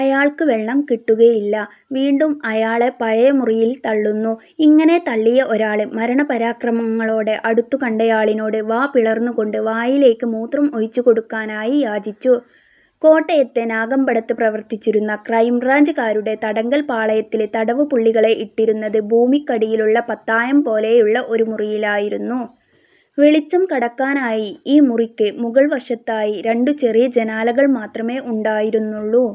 അയാള്ക്ക് വെള്ളം കിട്ടുകയില്ല. വീണ്ടും അയാളെ പഴയ മുറിയില് തള്ളുന്നു. ഇങ്ങനെ തള്ളിയ ഒരാള് മരണപരാക്രമങ്ങളോടെ അടുത്തു കണ്ടയാളിനോട് വാപിളര്ന്നുകൊണ്ട് വായിലേക്ക് മൂത്രം ഒഴിച്ചുകൊടുക്കാനായി യാചിച്ചു. കോട്ടയത്തെ നാഗമ്പടത്ത് പ്രവര്ത്തിച്ചിരുന്ന ക്രൈംബ്രാഞ്ചുകാരുടെ തടങ്കല്പ്പാളയത്തില് തടവുപുള്ളികളെ ഇട്ടിരുന്നത് ഭൂമിക്കടിയിലുള്ള പത്തായംപോലെയുള്ള ഒരു മുറിയിലായിരുന്നു. വെളിച്ചം കടക്കാനായി ഈ മുറിക്ക് മുകള്വശത്തായി രണ്ടു ചെറിയ ജനാലകള് മാത്രമേ ഉണ്ടായിരുന്നുള്ളൂ.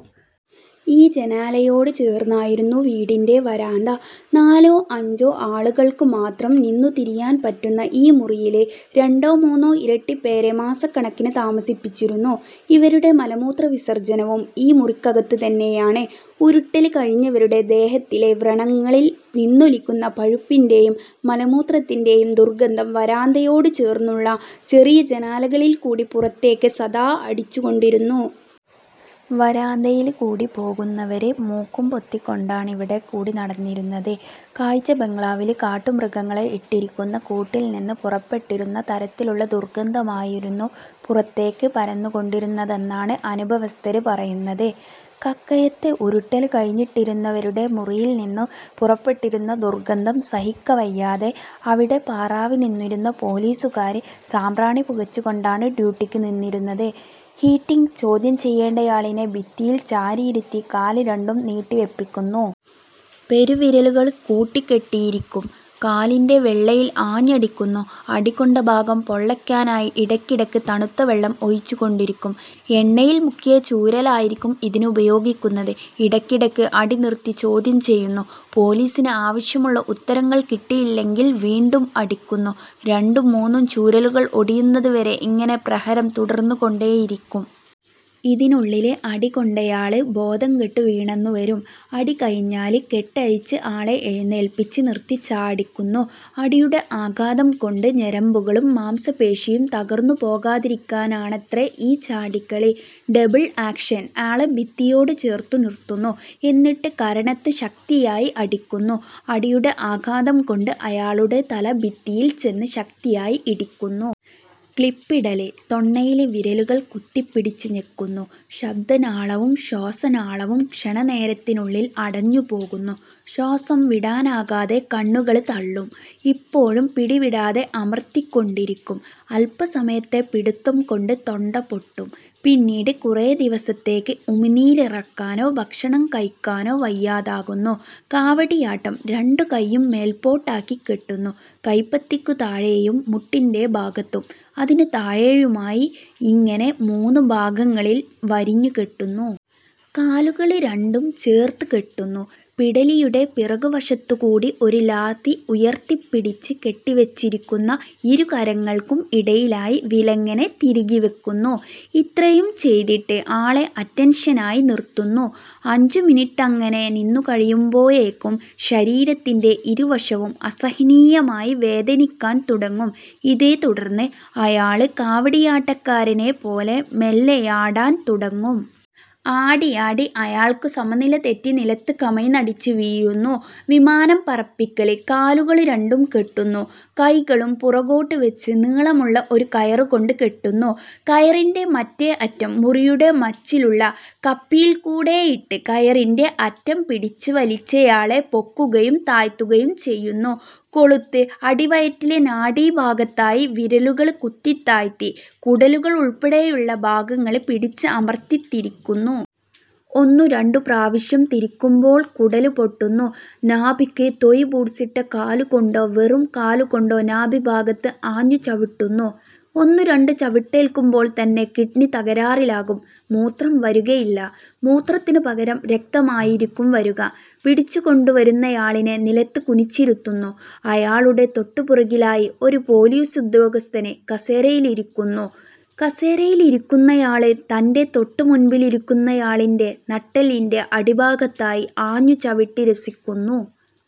ഈ ജനാലയോടു ചേര്ന്നായിരുന്നു വീടിന്റെ വരാന്ത. നാലോ അഞ്ചോ ആളുകള്ക്ക് മാത്രം നിന്നു തിരിയാന് പറ്റുന്ന ഈ മുറിയില് രണ്ടോ മൂന്നോ ഇരട്ടിപ്പേരെ മാസക്കണക്കിന് താമസിപ്പിച്ചിരുന്നു. ഇവരുടെ മലമൂത്രവിസര്ജനവും ഈ മുറിക്കകത്ത് തന്നെയാണ്. ഉരുട്ടല് കഴിഞ്ഞവരുടെ ദേഹത്തിലെ വ്രണങ്ങളില് നിന്നൊലിക്കുന്ന പഴുപ്പിന്റെയും, മലമൂത്രത്തിന്റെയും ദുര്ഗന്ധം വരാന്തയോട് ചേര്ന്നുള്ള ചെറിയ ജനാലകളില്ക്കൂടി പുറത്തേക്ക് സദാ അടിച്ചുകൊണ്ടിരുന്നു. വരാന്തയില്ക്കൂടി പോകുന്നവര് മൂക്കുപൊത്തിക്കൊണ്ടാണിവിടെക്കൂടി നടന്നിരുന്നത്. കാഴ്ചബംഗ്ലാവില് കാട്ടുമൃഗങ്ങളെ ഇട്ടിരിക്കുന്ന കൂട്ടില്നിന്ന് പുറപ്പെട്ടിരുന്ന തരത്തിലുള്ള ദുര്ഗന്ധമായിരുന്നു പുറത്തേക്ക് പരന്നുകൊണ്ടിരുന്നതെന്നാണ് അനുഭവസ്ഥര് പറയുന്നത്. കക്കയത്ത് ഉരുട്ടല് കഴിഞ്ഞിട്ടിരുന്നവരുടെ മുറിയില്നിന്ന് പുറപ്പെട്ടിരുന്ന ദുര്ഗന്ധം സഹിക്കവയ്യാതെ, അവിടെ പാറാവ് നിന്നിരുന്ന പോലീസുകാര് സാമ്പ്രാണി പുകച്ചുകൊണ്ടാണ് ഡ്യൂട്ടിക്ക് നിന്നിരുന്നത്.. ഹീറ്റിങ് ചോദ്യം ചെയ്യേണ്ടയാളിനെ ഭിത്തിയില് ചാരിയിരുത്തി കാല് രണ്ടും നീട്ടിവെപ്പിക്കുന്നു. പെരുവിരലുകള് കൂട്ടിക്കെട്ടിയിരിക്കും. കാലിന്റെ വെള്ളയില് ആഞ്ഞടിക്കുന്നു. അടി കൊണ്ട ഭാഗം പൊള്ളയ്ക്കാനായി ഇടയ്ക്കിടയ്ക്ക് തണുത്ത വെള്ളം ഒഴിച്ചുകൊണ്ടിരിക്കും. എണ്ണയില് മുക്കിയ ചൂരലായിരിക്കും ഇതിനുപയോഗിക്കുന്നത്. ഇടയ്ക്കിടയ്ക്ക് അടി നിര്ത്തി ചോദ്യം ചെയ്യുന്നു. പോലീസിന് ആവശ്യമുള്ള ഉത്തരങ്ങള് കിട്ടിയില്ലെങ്കില് വീണ്ടും അടിക്കുന്നു. രണ്ടുമൂന്നു ചൂരലുകള് ഒടിയുന്നതുവരെ ഇങ്ങനെ പ്രഹരം തുടര്ന്നുകൊണ്ടേയിരിക്കും. ഇതിനുള്ളില് അടികൊണ്ടയാള് ബോധംകെട്ടു വീണെന്നും വരും. അടി കഴിഞ്ഞാല് കെട്ടഴിച്ച് ആളെ എഴുന്നേല്പിച്ച് നിര്ത്തി ചാടിക്കുന്നു. അടിയുടെ ആഘാതംകൊണ്ട്, ഞരമ്പുകളും മാംസപേശിയും തകര്ന്നുപോകാതിരിക്കാനാണത്രേ ഈ ചാടിക്കല്വിദ്യ.. ഡബിള് ആക്ഷന് ആളെ ഭിത്തിയോടു ചേര്ത്തു നിര്ത്തുന്നു. എന്നിട്ട് കരണത്ത് ശക്തിയായി അടിക്കുന്നു. അടിയുടെ ആഘാതംകൊണ്ട് അയാളുടെ തല ഭിത്തിയില് ചെന്ന് ശക്തിയായി ഇടിക്കുന്നു.. ക്ലിപ്പിടല് തൊണ്ണയില് വിരലുകള് കുത്തിപ്പിടിച്ച് ഞെക്കുന്നു. ശബ്ദനാളവും ശ്വാസനാളവും ക്ഷണനേരത്തിനുള്ളില് അടഞ്ഞുപോകുന്നു. ശ്വാസം വിടാനാകാതെ കണ്ണുകള് തള്ളും. ഇപ്പോഴും പിടിവിടാതെ അമര്ത്തിക്കൊണ്ടിരിക്കും. അല്പസമയത്തെ പിടുത്തംകൊണ്ട് തൊണ്ട പൊട്ടും. പിന്നീട് കുറെ ദിവസത്തേക്ക് ഉമിനീരിറക്കാനോ ഭക്ഷണം കഴിക്കാനോ വയ്യാതാകുന്നു.. കാവടിയാട്ടം രണ്ടു കൈയും മേല്പോട്ടാക്കി കെട്ടുന്നു. കൈപ്പത്തിക്കു താഴേയും മുട്ടിന്റെ ഭാഗത്തും, അതിനു താഴേയുമായി ഇങ്ങനെ മൂന്നു ഭാഗങ്ങളില് വരിഞ്ഞുകെട്ടുന്നു. കാലുകള് രണ്ടും ചേര്ത്തു കെട്ടുന്നു. പിടലിയുടെ പിറകുവശത്തുകൂടി ഒരു ലാത്തി ഉയര്ത്തിപ്പിടിച്ച് കെട്ടിവെച്ചിരിക്കുന്നു ഇരു കരങ്ങള്ക്കും ഇടയിലായി വിലങ്ങനെ തിരുകിവെക്കുന്നു. ഇത്രയും ചെയ്തിട്ട് ആളെ അറ്റന്ഷനായി നിര്ത്തുന്നു. അഞ്ചു മിനിട്ടങ്ങനെ നിന്നുകഴിയുമ്പോഴേക്കും ശരീരത്തിന്റെ ഇരുവശവും അസഹനീയമായി വേദനിക്കാന് തുടങ്ങും. ഇതേത്തുടര്ന്ന് അയാള് കാവടിയാട്ടക്കാരനെപ്പോലെ മെല്ലെയാടാന് തുടങ്ങും. ആടിയാടി അയാള്ക്കു സമനിലതെറ്റി നിലത്ത് കമഴ്ന്നടിച്ച് വീഴുന്നു.. വിമാനം പറപ്പിക്കല് കാലുകള് രണ്ടും കെട്ടുന്നു. കൈകളും പുറകോട്ട് വെച്ച് നീളമുള്ള ഒരു കയര്കൊണ്ട് കെട്ടുന്നു. കയറിന്റെ മറ്റേ അറ്റം, മുറിയുടെ മച്ചിലുള്ള കപ്പിയില്ക്കൂടെയിട്ട് കയറിന്റെ അറ്റം പിടിച്ച് വലിച്ചയാളെ പൊക്കുകയും താഴ്ത്തുകയും ചെയ്യുന്നു.. കൊളുത്ത് അടിവയറ്റില് നാഭിഭാഗത്തായി വിരലുകള് കുത്തിത്താഴ്ത്തി കുടലുകളുള്പ്പെടെയുള്ള ഭാഗങ്ങള് പിടിച്ച് അമര്ത്തിത്തിരിക്കുന്നു. ഒന്നുരണ്ടു പ്രാവശ്യം തിരിക്കുമ്പോള് കുടല് പൊട്ടുന്നു.. നാഭിക്ക് തൊഴി ബൂട്സിട്ട കാലുകൊണ്ടോ വെറും കാലുകൊണ്ടോ നാഭിഭാഗത്ത് ആഞ്ഞു ചവിട്ടുന്നു. ഒന്നുരണ്ടു ചവിട്ടേല്ക്കുമ്പോള്ത്തന്നെ കിഡ്നി തകരാറിലാകും. മൂത്രം വരുകയില്ല. മൂത്രത്തിനു പകരം രക്തമായിരിക്കും വരുക. പിടിച്ചുകൊണ്ടുവരുന്നയാളിനെ നിലത്ത് കുനിച്ചിരുത്തുന്നു. അയാളുടെ തൊട്ടുപുറകിലായി ഒരു പോലീസുദ്യോഗസ്ഥന് കസേരയിലിരിക്കുന്നു. കസേരയിലിരിക്കുന്നയാള് തന്റെ തൊട്ടുമുന്പിലിരിക്കുന്നയാളിന്റെ നട്ടെല്ലിന്റെ അടിഭാഗത്തായി ആഞ്ഞുചവിട്ടി രസിക്കുന്നു..